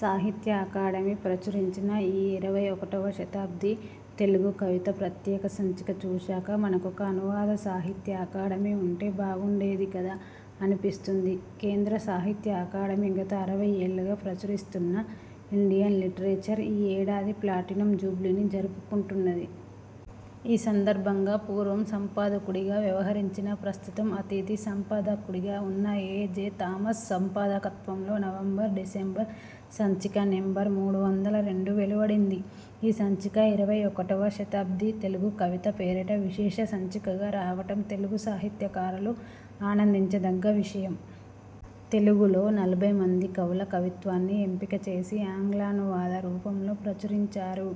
సాహిత్య అకాడమీ ప్రచురించిన ఈ ఇరవై ఒకటవ శతాబ్ది తెలుగు కవిత ప్రత్యేక సంచిక చూశాక మనకొక 'అనువాద సాహిత్య అకాడమీ' ఉంటే, బాగుండేది కదా! అనిపిస్తుంది. కేంద్ర సాహిత్య అకాడమీ గత అరవైఏళ్ళుగా ప్రచురిస్తున్న 'ఇండియన్ లిటరేచర్' ఈ ఏడాది ప్లాటినం జూబ్లీని జరుపుకుంటున్నది. ఈ సందర్భంగా పూర్వం సంపాదకుడిగా వ్యవహరించిన, ప్రస్తుతం అతిథి సంపా దకుడిగా ఉన్న ఎ. జె. థామస్ సంపాదకత్వంలో నవంబర్ డిసెంబర్ సంచిక నెం.మూడు వందల రెండు వెలువడింది. ఈ సంచిక 'ఇరవై ఒకటివ శతాబ్ది తెలుగు కవిత' పేరిట విశేష సంచికగా రావటం తెలుగు సాహిత్యకారులు ఆనందించదగ్గ విషయం. తెలుగులో నలభైమంది కవుల కవిత్వాన్ని ఎంపికచేసి ఆంగ్లానువాద రూపంలో ప్రచురించారు.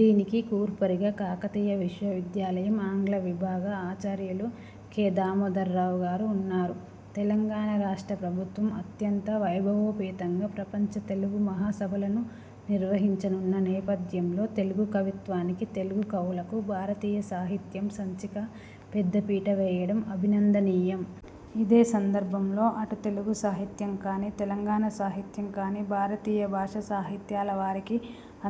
దీనికి కూర్పరిగా కాకతీయ విశ్వవిద్యాలయం ఆంగ్ల విభాగ ఆచార్యులు కె. దామోదర్రావుగారు ఉన్నారు. తెలంగాణ రాష్ట్ర ప్రభుత్వం అత్యంత వైభవోపేతంగా ప్రపంచ తెలుగు మహాసభలను నిర్వహించనున్న నేపథ్యంలో తెలుగు కవిత్వానికి, తెలుగు కవులకు 'భారతీయ సాహిత్యం' సంచిక పెద్దపీట వేయడం అభినందనీయం. ఇదే సందర్భంలో అటు తెలుగు సాహిత్యం కానీ, తెలంగాణ సాహిత్యం కానీ భారతీయ భాషా సాహిత్యాల వారికి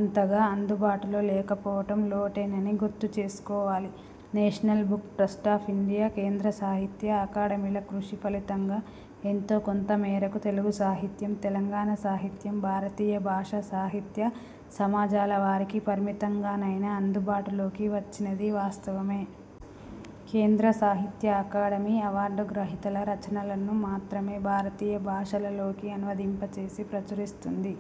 అంతగా అందుబాటులో లేకపోవటం లోటేనని గుర్తుచేసుకోవాలి. National Book Trust of India, కేంద్ర సాహిత్య అకాడమీల కృషి ఫలితంగా ఎంతోకొంత మేరకు తెలుగు సాహిత్యం, తెలంగాణ సాహిత్యం భారతీయ భాషా సాహిత్య సమాజాల వారికి పరిమితంగానైనా అందుబాటులోకి వచ్చినదీ వాస్తవమే. కేంద్ర సాహిత్య అకాడమీ అవార్డు గ్రహీతల రచనలను మాత్రమే భారతీయ భాషలలోకి అనువదింపచేసి ప్రచురిస్తుంది.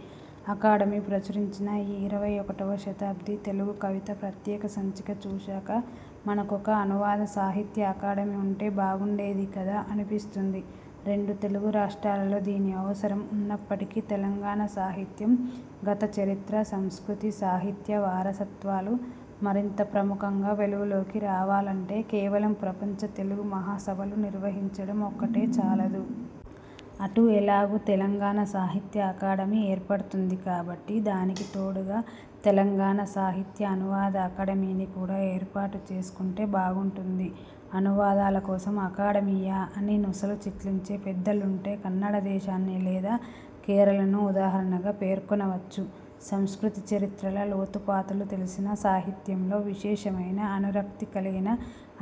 అకాడమీ ప్రచురించిన ఈ ఇరవై ఒకటవ శతాబ్ది తెలుగు కవిత ప్రత్యేక సంచిక చూశాక మనకొక 'అనువాద సాహిత్య అకాడమీ' ఉంటే, బాగుండేది కదా! అనిపిస్తుంది. రెండు తెలుగు రాష్ట్రాలలో దీని అవసరం ఉన్నప్పటికీ తెలంగాణ సాహిత్యం, గతచరిత్ర, సంస్కృతి సాహిత్య వారసత్వాలు మరింత ప్రముఖంగా వెలుగులోకి రావాలంటే కేవలం ప్రపంచ తెలుగు మహాసభలు నిర్వహించడం ఒక్కటే చాలదు. అటు ఎలాగూ తెలంగాణ సాహిత్య అకాడమీ ఏర్పడుతుంది కాబట్టి దానికి తోడుగా తెలంగాణ సాహిత్య అనువాద అకాడమీని కూడా ఏర్పాటు చేసుకుంటే బాగుంటుంది. అనువాదాల కోసం అకాడమీయా అని నొసలు చిట్లించే పెద్దలుంటే కన్నడ దేశాన్ని, లేదా కేరళను ఉదాహరణగా పేర్కొనవచ్చు. సంస్కృతి చరిత్రల లోతుపాతులు తెలిసిన, సాహిత్యంలో విశేషమైన అనురక్తికలి గిన,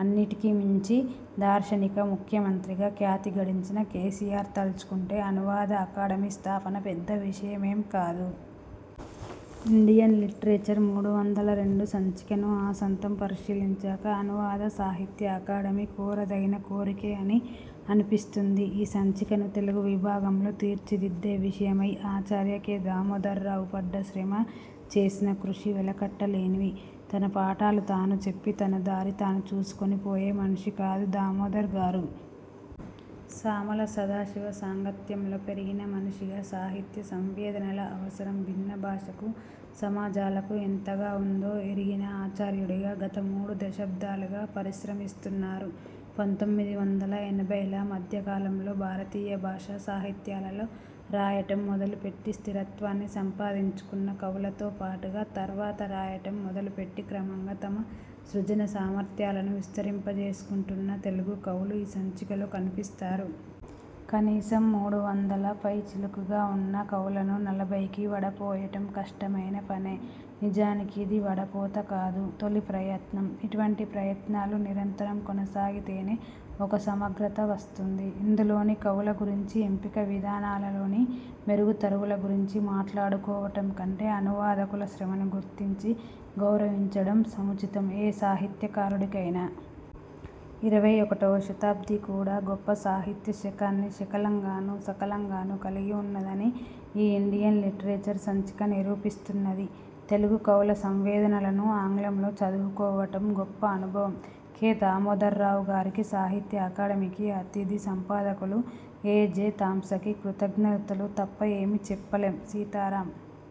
అన్నిటికీ మించి దార్శనిక ముఖ్యమంత్రిగా ఖ్యాతిగడించిన కేసీఆర్ తలచుకుంటే అనువాద అకాడమీ స్థాపన పెద్ద విషయమేం కాదు. ఇండియన్ లిటరేచర్ మూడు వందల రెండు సంచికను ఆసాంతం పరిశీలించాక అనువాద సాహిత్య అకాడమీ కోరదగిన కోరికే అని అనిపిస్తుంది. ఈ సంచికను తెలుగు విభాగంలో తీర్చిదిద్దే విషయమై ఆచార్య కె. దామోదరరావు పడ్డ శ్రమ, చేసిన కృషి వెలకట్టలేనివి. తన పాఠాలు తాను చెప్పి తన దారి తాను చూసికుని పోయే మనిషి కాదు దామోదర్ గారు. సామల సదాశివ సాంగత్యంలో పెరిగిన మనిషిగా సాహిత్య సంవేదనల అవసరం భిన్న భాషా సమాజాలకు ఎంతగావుందో ఎరిగిన ఆచార్యుడిగా గత మూడు దశాబ్దాలుగా పరిశ్రమిస్తున్నారు. పంతొమ్మిది వందల ఎనభైల మధ్య కాలంలో భారతీయ భాషా సాహిత్యాలలో రాయటం మొదలుపెట్టి స్థిరత్వాన్ని సంపాదించుకున్న కవులతో పాటుగా, తర్వాత రాయటం మొదలుపెట్టి క్రమంగా తమ సృజన సామర్థ్యాలను విస్తరింపజేసుకుంటున్న తెలుగు కవులు ఈ సంచికలో కనిపిస్తారు. కనీసం మూడు వందల పైచిలుకుగా ఉన్న కవులను నలభైకి వడపోయటం కష్టమైన పనే. నిజానికి ఇది వడపోత కాదు. తొలి ప్రయత్నం. ఇటువంటి ప్రయత్నాలు నిరంతరం కొనసాగితేనే ఒక సమగ్రత వస్తుంది. ఇందులోని కవుల గురించి, ఎంపిక విధానాలలోని మెరుగు తరుగుల గురించి మాట్లాడుకోవటం కంటే అనువాదకుల శ్రమను గుర్తించి గౌరవించడం సముచితం ఏ సాహిత్య కారుడికైనా. ఇరవై ఒకటివ శతాబ్ది కూడా గొప్ప సాహిత్య శకాన్ని శకలంగాను, సకలంగాను కలిగి ఉన్నదని ఈ ఇండియన్ లిటరేచర్ సంచిక నిరూపిస్తున్నది. తెలుగు కవుల సంవేదనలను ఆంగ్లంలో చదువుకోవటం గొప్ప అనుభవం. కె. దామోదర్రావు గారికి, సాహిత్య అకాడమీకి, అతిథి సంపాదకులు ఎ. జె. థామ్సకి కృతజ్ఞతలు తప్ప ఏమీ చెప్పలేం. సీతారాం